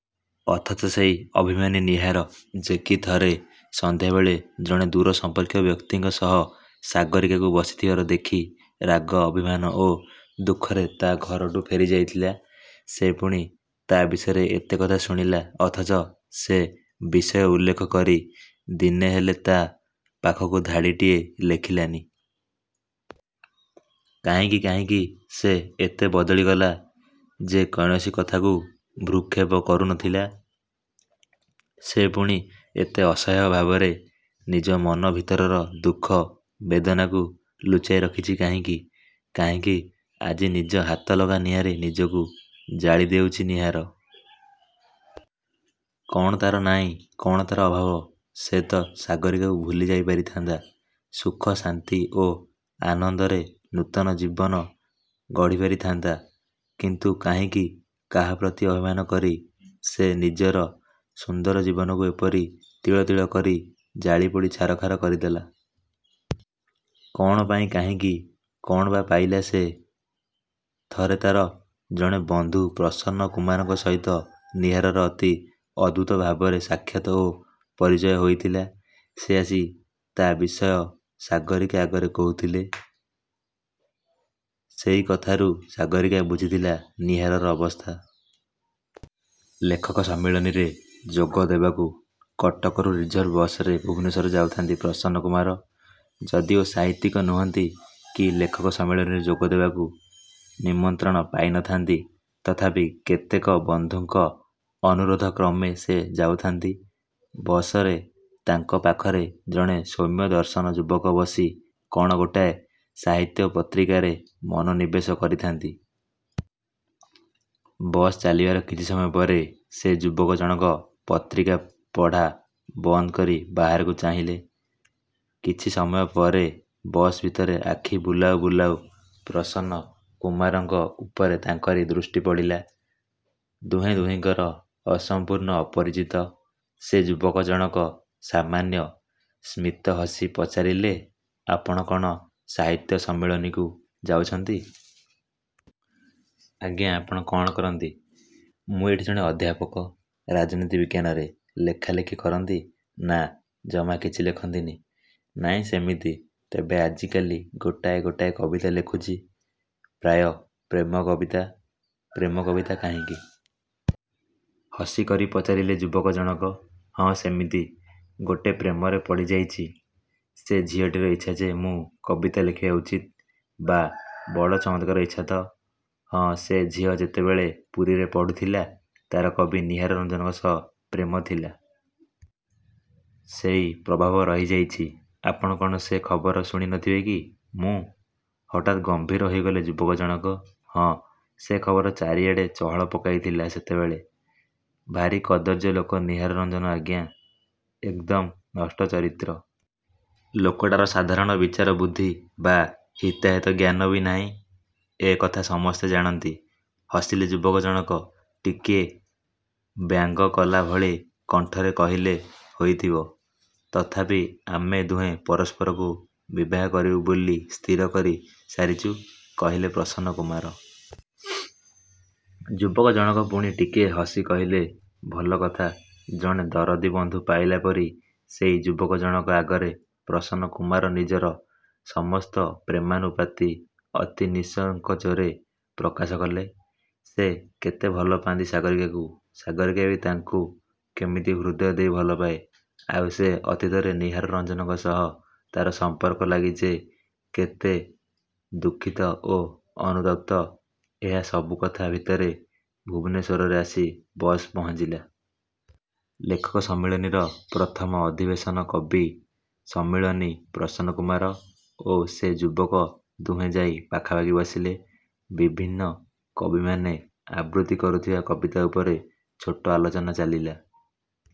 ଅଥଚ ସେଇ ଅଭିମାନୀ ନୀହାର; ଯେ କି ଥରେ ସନ୍ଧ୍ୟାବେଳେ ଜଣେ ଦୂର ସମ୍ପର୍କୀୟ ବ୍ୟକ୍ତିଙ୍କ ସହ ସାଗରୀକାକୁ ବସି ଥିବାର ଦେଖି ରାଗ, ଅଭିମାନ ଓ ଦୁଃଖରେ ତା' ଘରଠୁ ଫେରି ଯାଇଥିଲା; ସେ ପୁଣି ତା' ବିଷୟରେ ଏତେ କଥା ଶୁଣିଲା; ଅଥଚ ସେ ବିଷୟ ଉଲ୍ଲେଖ କରି, ଦିନେହେଲେ ତା' ପାଖକୁ ଧାଡ଼ିଟିଏ ଲେଖିଲାନି। କାହିଁକି? କାହିଁକି ସେ ଏତେ ବଦଳି ଗଲା। ଯେ କୌଣସି କଥାକୁ ଭ୍ରୁକ୍ଷେପ କରୁ ନଥିଲା, ସେ ପୁଣି ଏତେ ଅସହାୟ ଭାବରେ, ନିଜ ମନ ଭିତରର ଦୁଃଖ ବେଦନାକୁ ଲୁଚାଇ ରଖିଛି କାହିଁକି? କାହିଁକି ଆଜି ନିଜ ହାତଲଗା ନିଆଁରେ ନିଜକୁ ଜାଳି ଦେଉଛି ନୀହାର? କ'ଣ ତା'ର ନାଇଁ–କ'ଣ ତା'ର ଅଭାବ? ସେ ତ ସାଗରୀକାକୁ ଭୁଲିଯାଇ ପାରିଥାନ୍ତା–ସୁଖ ଶାନ୍ତି ଓ ଆନନ୍ଦରେ ନୂତନ ଜୀବନ ଗଢ଼ିପାରି ଥାନ୍ତା–କିନ୍ତୁ କାହିଁକି; କାହା ପ୍ରତି ଅଭିମାନ କରି ସେ ନିଜର ସୁନ୍ଦର ଜୀବନକୁ ଏପରି ତିଳ ତିଳ କରି ଜାଳି ପୋଡ଼ି ଛାରଖାର କରିଦେଲା? କ'ଣ ପାଇଁ କାହିଁକି? କ'ଣ ବା ପାଇଲା ସେ? ଥରେ ତା'ର ଜଣେ ବନ୍ଧୁ ପ୍ରସନ୍ନ କୁମାରଙ୍କ ସହିତ ନୀହାରର ଅତି ଅଦ୍ଭୁତ ଭାବରେ ସାକ୍ଷାତ ଓ ପରିଚୟ ହୋଇଥିଲା। ସେ ଆସି ତା' ବିଷୟ ସାଗରୀକା ଆଗରେ କହୁଥିଲେ। ସେଇ କଥାରୁ ସାଗରୀକା ବୁଝିଥିଲା ନୀହାରର ଅବସ୍ଥା। ଲେଖକ–ସମ୍ମିଳନୀରେ ଯୋଗ ଦେବାକୁ କଟକରୁ ରିଜର୍ଭ–ବସରେ ଭୁବନେଶ୍ୱର ଯାଉଥାନ୍ତି ପ୍ରସନ୍ନ କୁମାର। ଯଦିଓ ସାହିତ୍ୟିକ ନୁହନ୍ତି, କି ଲେଖକ–ସମ୍ମିଳନୀରେ ଯୋଗ ଦେବାକୁ ନିମନ୍ତ୍ରଣ ପାଇ ନଥାନ୍ତି; ତଥାପି କେତେକ ବନ୍ଧୁଙ୍କ ଅନୁରୋଧକ୍ରମେ ସେ ଯାଉଥାନ୍ତି। ବସରେ ତାଙ୍କ ପାଖରେ ଜଣେ ସୌମ୍ୟଦର୍ଶନ ଯୁବକ ବସି କ'ଣ ଗୋଟାଏ ସାହିତ୍ୟ–ପତ୍ରିକାରେ ମନୋନିବେଶ କରିଥାନ୍ତି। ବସ୍ ଚାଲିବାର କିଛି ସମୟ ପରେ; ସେ ଯୁବକ ଜଣକ ପତ୍ରିକା ପଢ଼ା ବନ୍ଦ କରି, ବାହାରକୁ ଚାହିଁଲେ। କିଛି ସମୟ ପରେ ବସ୍ ଭିତରେ ଆଖି ବୁଲାଉ ବୁଲାଉ ପ୍ରସନ୍ନ କୁମାରଙ୍କ ଉପରେ ତାଙ୍କରି ଦୃଷ୍ଟି ପଡ଼ିଲା। ଦୁହେଁ ଦୁହିଁଙ୍କର ସମ୍ପୂର୍ଣ୍ଣ ଅପରିଚିତ। ସେ ଯୁବକ ଜଣକ ସାମାନ୍ୟ ସ୍ମିତ ହସି ପଚାରିଲେ– ''ଆପଣ କ'ଣ ସାହିତ୍ୟ–ସମ୍ମିଳନୀକୁ ଯାଉଛନ୍ତି? '' ''ଆଜ୍ଞା... '' ''ଆପଣ କ'ଣ କରନ୍ତି। '' ''ମୁଁ ଏଇଠି ଜଣେ ଅଧ୍ୟାପକ। ରାଜନୀତି ବିଜ୍ଞାନରେ। '' ''ଲେଖାଲେଖି କରନ୍ତି। '' ''ନା। '' ''ଜମା କିଛି ଲେଖନ୍ତିନି। '' ''ନାଇଁ–ସେମିତି। ତେବେ ଆଜିକାଲି ଗୋଟାଏ ଗୋଟାଏ କବିତା ଲେଖୁଛି। ପ୍ରାୟ ପ୍ରେମ–କବିତା। '' ''ପ୍ରେମ–କବିତା–କାହିଁକି? ହସି କରି ପଚାରିଲେ ଯୁବକ ଜଣକ। '' ''ହଁ–ସେମିତି; ଗୋଟେ ପ୍ରେମରେ ପଡ଼ିଯାଇଛି। ସେ ଝିଅଟିର ଇଚ୍ଛା ଯେ ମୁଁ କବିତା ଲେଖିବା ଉଚିତ୍। '' ''ବାଃ–ବଡ଼ ଚମତ୍କାର ଇଚ୍ଛା ତ? '' ''ହଁ–ସେ ଝିଅ ଯେତେବେଳେ ପୁରୀରେ ପଢ଼ୁଥିଲା ତା'ର କବି ନୀହାର ରଞ୍ଜନଙ୍କ ସହ ପ୍ରେମ ଥିଲା। ସେଇ ପ୍ରଭାବ ରହିଯାଇଛି। ଆପଣ କ'ଣ ସେ ଖବର ଶୁଣି ନଥିବେ କି? '' ''ମୁଁ? '' ହଠାତ୍ ଗମ୍ଭୀର ହୋଇଗଲେ ଯୁବକ ଜଣକ। ''ହଁ–ସେ ଖବର ଚାରିଆଡ଼େ ଚହଳ ପକାଇ ଥିଲା ସେତେବେଳେ। ଭାରି କଦର୍ଯ୍ୟ ଲୋକ ନୀହାର ରଞ୍ଜନ ଆଜ୍ଞା। ଏକଦମ୍ ନଷ୍ଟ ଚରିତ୍ର। ଲୋକଟାର ସାଧାରଣ ବିଚାର ବୁଦ୍ଧି ବା ହିତାହିତ ଜ୍ଞାନ ବି ନାହିଁ। ଏ କଥା ସମସ୍ତେ ଜାଣନ୍ତି। '' ହସିଲେ ଯୁବକ ଜଣକ। ଟିକିଏ ବ୍ୟଙ୍ଗ କଲା ଭଳି କଣ୍ଠରେ କହିଲେ–'ହୋଇଥିବ। ''ତଥାପି ଆମେ ଦୁହେଁ ପରସ୍ପରକୁ ବିବାହ କରିବୁ ବୋଲି ସ୍ଥିର କରି ସାରିଚୁ'' କହିଲେ ପ୍ରସନ୍ନ କୁମାର। ଯୁବକ ଜଣକ ପୁଣି ଟିକିଏ ହସି କହିଲେ–''ଭଲ କଥା। '' ଜଣେ ଦରଦୀ ବନ୍ଧୁ ପାଇଲା ପରି ସେଇ ଯୁବକ ଜଣକ ଆଗରେ ପ୍ରସନ୍ନ କୁମାର ନିଜର ସମସ୍ତ ପ୍ରେମାନୁଭୂତି ଅତି ନିଃସଙ୍କୋଚରେ ପ୍ରକାଶ କଲେ। ସେ କେତେ ଭଲ ପାଆନ୍ତି ସାଗରୀକାକୁ–ସାଗରୀକା ବି ତାଙ୍କୁ କେମିତି ହୃଦୟ ଦେଇ ଭଲପାଏ; ଆଉ ସେ ଅତୀତରେ ନୀହାର ରଞ୍ଜନଙ୍କ ସହ ତା'ର ସମ୍ପର୍କ ଲାଗି ଯେ କେତେ ଦୁଃଖିତ ଓ ଅନୁତପ୍ତ, ଏହା ସବୁ କଥା ଭିତରେ ଭୁବନେଶ୍ୱରରେ ଆସି ବସ୍ ପହଞ୍ଚିଲା। ଲେଖକ–ସମ୍ମିଳନୀର ପ୍ରଥମ ଅଧିବେଶନ କବି–ସମ୍ମିଳନୀ। ପ୍ରସନ୍ନ କୁମାର ଓ ସେ ଯୁବକ ଦୁହେଁ ଯାଇ ପାଖାପାଖି ବସିଲେ। ବିଭିନ୍ନ କବିମାନେ ଆବୃତ୍ତି କରୁଥିବା କବିତା ଉପରେ ଛୋଟ ଆଲୋଚନା ଚାଲିଲା।